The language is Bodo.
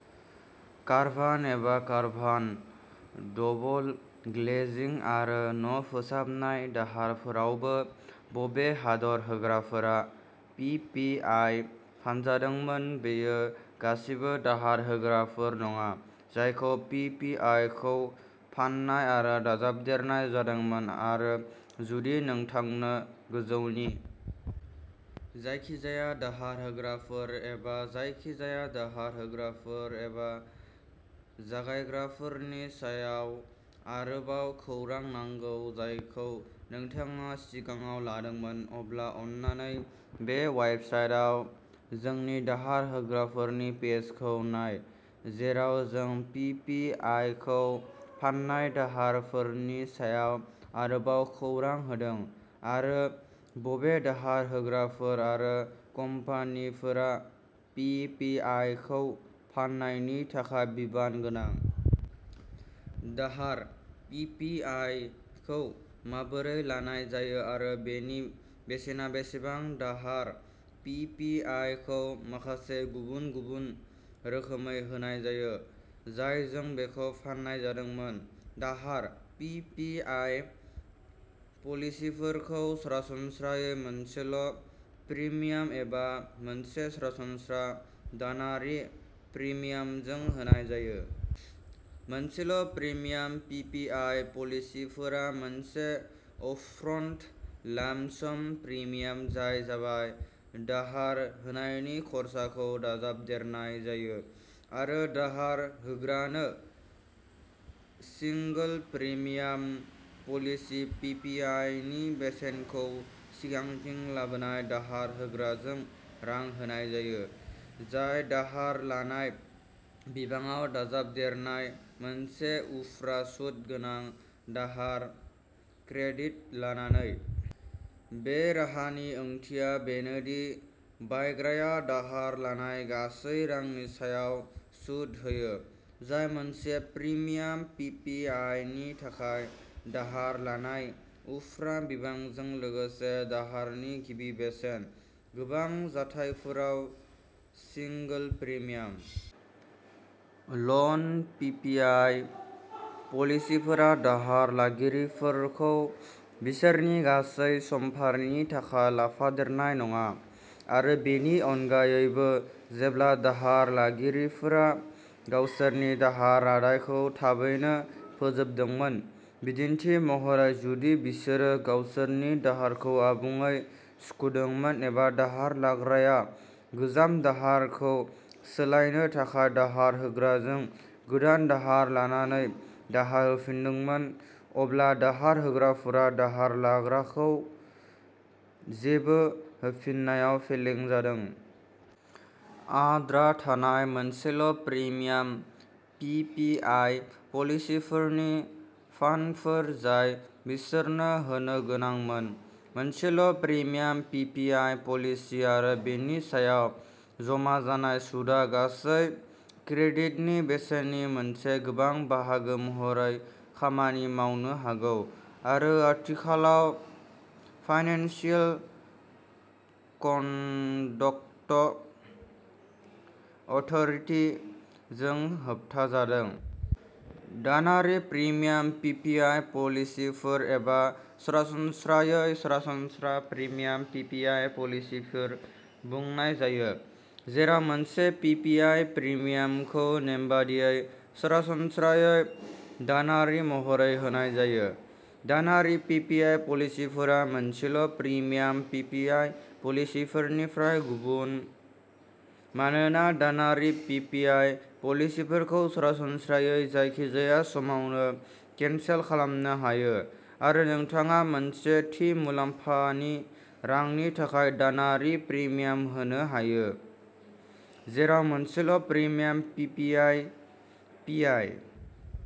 कारभान एबा काराभान, डबल ग्लेजिं, आरो न'फोसाबनाय दाहारफोरावबो। बबे दाहार होग्राफोरा पि पि आइ फानजादोंमोन बेयो गासिबो दाहार होग्राफोर नङा जायखौ पि पि आइ खौ फान्नाय आरो दाजाबदेरनाय जादोंमोन आरो जुदि नोंथांनो गोजौनि जायखिजाया दाहार होग्राफोर एबा जायखिजाया दाहार होग्राफोर एबा जगायग्राफोरनि सायाव आरोबाव खौरां नांगौ जायखौ नोंथाङा सिगाङाव लादोंमोन, अब्ला अन्नानै बे वेबसाइटआव जोंनि दाहार होग्राफोरनि पेजखौ नाय जेराव जों पि पि आइ खौ फान्नाय दाहारफोरनि सायाव आरोबाव खौरां होदों आरो बबे दाहार होग्राफोर आरो कम्पानिफोरा पि पि आइ खौ फान्नायनि थाखाय बिबान गोनां। दाहार पि पि आइ खौ माबोरै लानाय जायो आरो बेनि बेसेना बेसेबां दाहार पि पि आइ खौ माखासे गुबुन-गुबुन रोखोमै होनाय जायो, जायजों बेखौ फान्नाय जादोंमोन। दाहार पि पि आइ पलिसिफोरखौ सरासनस्रायै मोनसेल' प्रिमियाम एबा मोनसे सरासनस्रा दानारि प्रिमियामजों होनाय जायो। मोनसेल' प्रिमियाम पि पि आइ पलिसिफोरा मोनसे आपफ्रन्ट लाम्प-साम प्रिमियाम जाय जाबाय दाहार होनायनि खरसाखौ दाजाबदेरनाय जायो आरो दाहार होग्रानो single premium policy P P I नि बेसेनखौ सिगांथिं लाबोनाय दाहार होग्राजों रां होनाय जायो, जाय दाहार लानाय बिबाङाव दाजाबदेरनाय मोनसे उफ्रा सुत गोनां दाहार क्रेडिट लानानै। बे राहानि ओंथिया बेनो दि बायग्राया दाहार लानाय गासै रांनि सायाव सुद होयो, जाय मोनसे प्रिमियाम पि पि आइ नि थाखाय दाहार लानाय उफ्रा बिबांजों लोगोसे दाहारनि गिबि बेसेन। गोबां जाथायफोराव सिंगोल प्रिमियाम ल'न पि पि आइ पलिसिफोरा दाहार लागिरिफोरखौ बिसोरनि गासै समफारिनि थाखाय लाफादेरनाय नङा, आरो बेनि अनगायैबो जेब्ला दाहार लागिरिफोरा गावसोरनि दाहार रादायखौ थाबैनो फोजोबदोंमोन, बिदिन्थि महरै जुदि बिसोरो गावसोरनि दाहारखौ आबुङै सुख'दोंमोन एबा दाहार लाग्राया गोजाम दाहारखौ सोलायनो थाखाय दाहार होग्राजों गोदान दाहार लानानै दाहार होफिन्दोंमोन, अब्ला दाहार होग्राफोरा दाहार लाग्राखौ जेबो होफिन्नायाव फेलें जादों। आद्रा थानाय मोनसेल' प्रिमियाम पि पि आइ पलिसिफोरनि फान्डफोर जाय बिसोरनो होनो गोनांमोन। मोनसेल' premium P P I policy आरो बेनि सायाव जमा जानाय सुदआ गासै क्रेडिटनि बेसेननि मोनसे गोबां बाहागो महरै खामानि मावनो हागौ आरो आथिखालाव फाइनेन्सियेल कन्डक्ट अथ'रिटि जों होबथाजादों। दानारि प्रिमियाम पि पि आइ पलिसिफोर एबा सरासनस्रायै सरासनस्रा प्रिमियाम पि पि आइ पलिसिफोर बुंनाय जायो जेराव मोनसे पि पि आइ प्रिमियामखौ नेमबादियै, सरासनस्रायै दानारि महरै होनाय जायो। दानारि पि पि आइ पलिसिफोरा मोनसेल' प्रिमियाम पि पि आइ पलिसिफोरनिफ्राय गुबुन मानोना दानारि पि पि आइ पलिसिफोरखौ सरासनस्रायै जायखिजाया समावनो केनसेल खालामनो हायो, आरो नोंथाङा मोनसे थि मुलाम्फानि रांनि थाखाय दानारि प्रिमियाम होनो हायो। जेराव मोनसेल' premium P P I P I